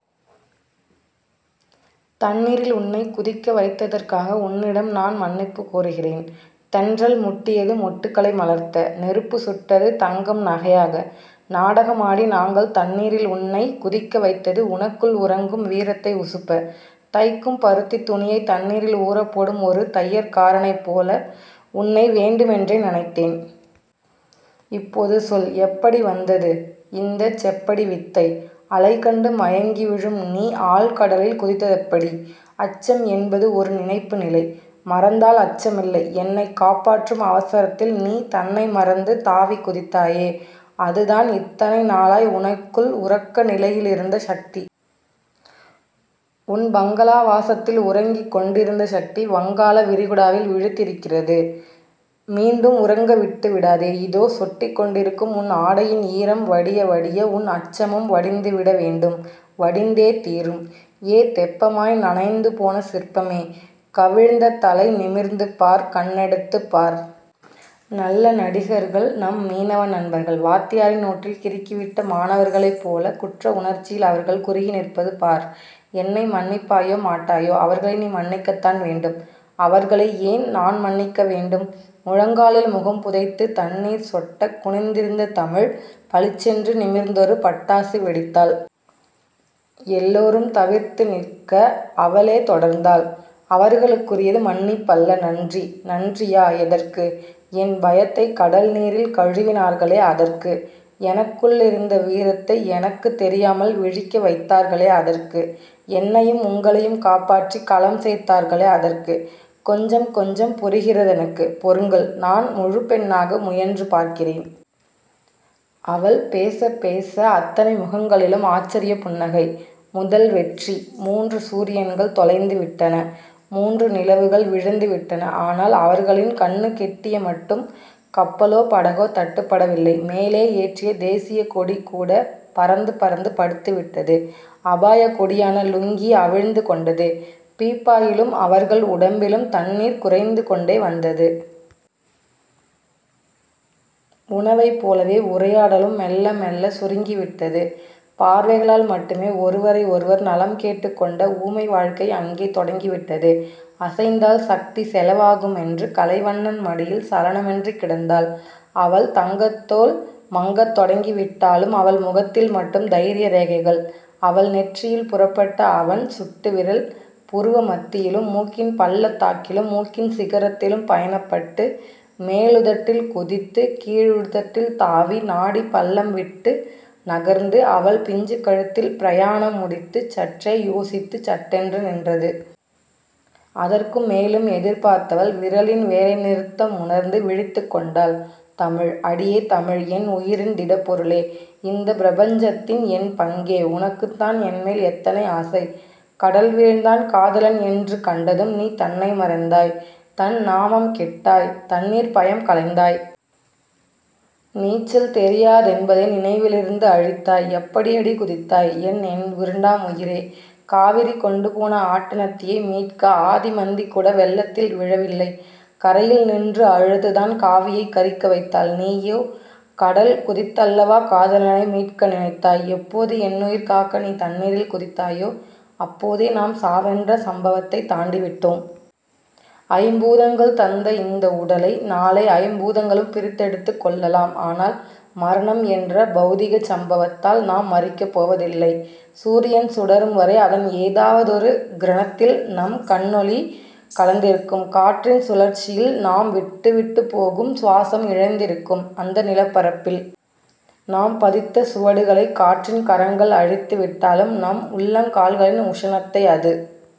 தண்ணீரில் உன்னைக் குதிக்கவைத்ததற்காக உன்னிடம் நான் மன்னிப்புக் கோருகிறேன். தென்றல் முட்டியது மொட்டுக்களை மலர்த்த. நெருப்பு சுட்டது தங்கம் நகையாக. நாடகமாடி நாங்கள் தண்ணீரில் உன்னைக் குதிக்கவைத்தது உனக்குள் உறங்கும் வீரத்தை உசுப்ப. தைக்கும் பருத்தித் துணியைத் தண்ணீரில் ஊறப் போடும் ஒரு தையற்காரனைப் போல உன்னை வேண்டுமென்றே நனைத்தேன். இப்போது சொல். எப்படி வந்தது இந்தச் செப்படி வித்தை? அலைகண்டு மயங்கிவிழும் நீ ஆழ்கடலில் குதித்ததெப்படி? அச்சம் என்பது ஒரு நினைப்பு நிலை. மறந்தால் அச்சமில்லை. என்னைக் காப்பாற்றும் அவசரத்தில் நீ தன்னை மறந்து தாவிக் குதித்தாயே. அதுதான் இத்தனை நாளாய் உனக்குள் உறக்கநிலையில் இருந்த சக்தி. உன் பங்களாவாசத்தில் உறங்கிக் கொண்டிருந்த சக்தி. வங்காளவிரிகுடாவில் விழித்திருக்கிறது. மீண்டும் உறங்கவிட்டு விடாதே. இதோ. சொட்டிக் கொண்டிருக்கும் உன் ஆடையின் ஈரம் வடிய வடிய உன் அச்சமும் வடிந்துவிட வேண்டும். வடிந்தே தீரும். ஏ தெப்பமாய் நனைந்துபோன சிற்பமே. கவிழ்ந்த தலை நிமிர்ந்து பார். கண்ணெடுத்துப் பார். நல்ல நடிகர்கள் நம் மீனவ நண்பர்கள். வாத்தியாரின் நோட்டில் கிறுக்கிவிட்ட மாணவர்களைப் போலக் குற்ற உணர்ச்சியில் அவர்கள் குறுகிநிற்பது பார். என்னை மன்னிப்பாயோ... மாட்டாயோ... அவர்களை நீ மன்னிக்கத்தான் வேண்டும். அவர்களை ஏன் நான் மன்னிக்க வேண்டும்? முழங்காலில் முகம்புதைத்துத் தண்ணீர் சொட்டக் குனிந்திருந்த தமிழ், பளிச்சென்று நிமிர்ந்தொரு பட்டாசு வெடித்தாள். எல்லோரும் தவித்துநிற்க, அவளே தொடர்ந்தாள். அவர்களுக்குரியது மன்னிப்பல்ல. நன்றி. நன்றியா? எதற்கு? என் பயத்தைக் கடல்நீரில் கழுவினார்களே. அதற்கு. எனக்குள்ளிருந்த வீரத்தை எனக்குத் தெரியாமல் விழிக்க வைத்தார்களே. அதற்கு. என்னையும் உங்களையும் காப்பாற்றிக் கலம் சேர்த்தார்களே. அதற்கு. கொஞ்சம் கொஞ்சம் புரிகிறதெனக்கு. பொறுங்கள். நான் முழுப்பெண்ணாக முயன்று பார்க்கிறேன். அவள் பேசப் பேச, அத்தனை முகங்களிலும் ஆச்சரியப் புன்னகை. முதல் வெற்றி. மூன்று சூரியன்கள் தொலைந்துவிட்டன. மூன்று நிலவுகள் விழுந்துவிட்டன. ஆனால், அவர்களின் கண்ணுக்கெட்டியமட்டும் கப்பலோ படகோ தட்டுப்படவில்லை. மேலே ஏற்றிய தேசியக்கொடிகூடப் பறந்து பறந்து படுத்துவிட்டது. அபாயக்கொடியான லுங்கி அவிழ்ந்துகொண்டது. பீப்பாயிலும் அவர்கள் உடம்பிலும் தண்ணீர் குறைந்துகொண்டே வந்தது. உணவைப் போலவே உரையாடலும் மெள்ள மெள்ள சுருங்கிவிட்டது. பார்வைகளால் மட்டுமே ஒருவரை ஒருவர் நலம் கேட்டுக்கொண்ட ஊமை வாழ்க்கை அங்கே தொடங்கிவிட்டது. அசைந்தால் சக்தி செலவாகுமென்று கலைவண்ணன் மடியில் சலனமின்றிக் கிடந்தாள் அவள் தங்கத்தோல் மங்கத் தொடங்கிவிட்டாலும் அவள் முகத்தில் மட்டும் தைரியரேகைகள். அவள் நெற்றியில் புறப்பட்ட அவன் சுட்டுவிரல், புருவமத்தியிலும் முக்கின் பள்ளத்தாக்கிலும் முக்கின் சிகரத்திலும் பயணப்பட்டு மேலுதட்டில் குதித்து கீழுதட்டில் தாவி நாடிப் பள்ளம்விட்டு நகர்ந்து அவள் பிஞ்சுக் கழுத்தில் பிரயாணம் முடித்துச் சற்றே யோசித்துச் சட்டென்று நின்றது. அதற்குமேலும் எதிர்பார்த்தவள், விரலின் வேலைநிறுத்தம் உணர்ந்து விழித்துக்கொண்டாள். தமிழ். அடியே தமிழ். என் உயிரின் திடப்பொருளே. இந்தப் பிரபஞ்சத்தின் என் பங்கே. உனக்குத்தான் என்மேல் எத்தனை ஆசை. கடல் வீழ்ந்தான் காதலன் என்று கண்டதும் நீ தன்னை மறந்தாய். தன் நாமம் கெட்டாய். தண்ணீர்பயம் களைந்தாய். நீச்சல் தெரியாதென்பதை நினைவிலிருந்து அழித்தாய். எப்படியடி குதித்தாய்? என் இரண்டாம் உயிரே. காவிரி கொண்டுபோன ஆட்டனத்தியை மீட்க ஆதிமந்திகூட வெள்ளத்தில் விழவில்லை. கரையில் நின்று அழுதுதான் காவியைக் கரிக்கவைத்தாள். நீயோ கடல்குதித்தல்லவா காதலனை மீட்க நினைத்தாய். எப்போது என்னுயிர் காக்க நீ தண்ணீரில் குதித்தாயோ அப்போதே நாம் சாவென்ற சம்பவத்தைத் தாண்டிவிட்டோ ம். ஐம்பூதங்கள் தந்த இந்த உடலை நாளை ஐம்பூதங்களும் பிரித்தெடுத்துக் கொள்ளலாம். ஆனால், மரணம் என்ற பெளதிகச் சம்பவத்தால் நாம் மரிக்கப் போவதில்லை. சூரியன் சுடரும்வரை அதன் ஏதாவதொரு கிரணத்தில் நம் கண்ணொளி கலந்திருக்கும். காற்றின் சுழற்சியில் நாம் விட்டுவிட்டுப் போகும் சுவாசம் இழைந்திருக்கும். அந்த நிலப்பரப்பில் நாம் பதித்த சுவடுகளைக் காற்றின் கரங்கள் அழித்துவிட்டாலும், நம் உள்ளங்கால்களின் உஷணத்தை அது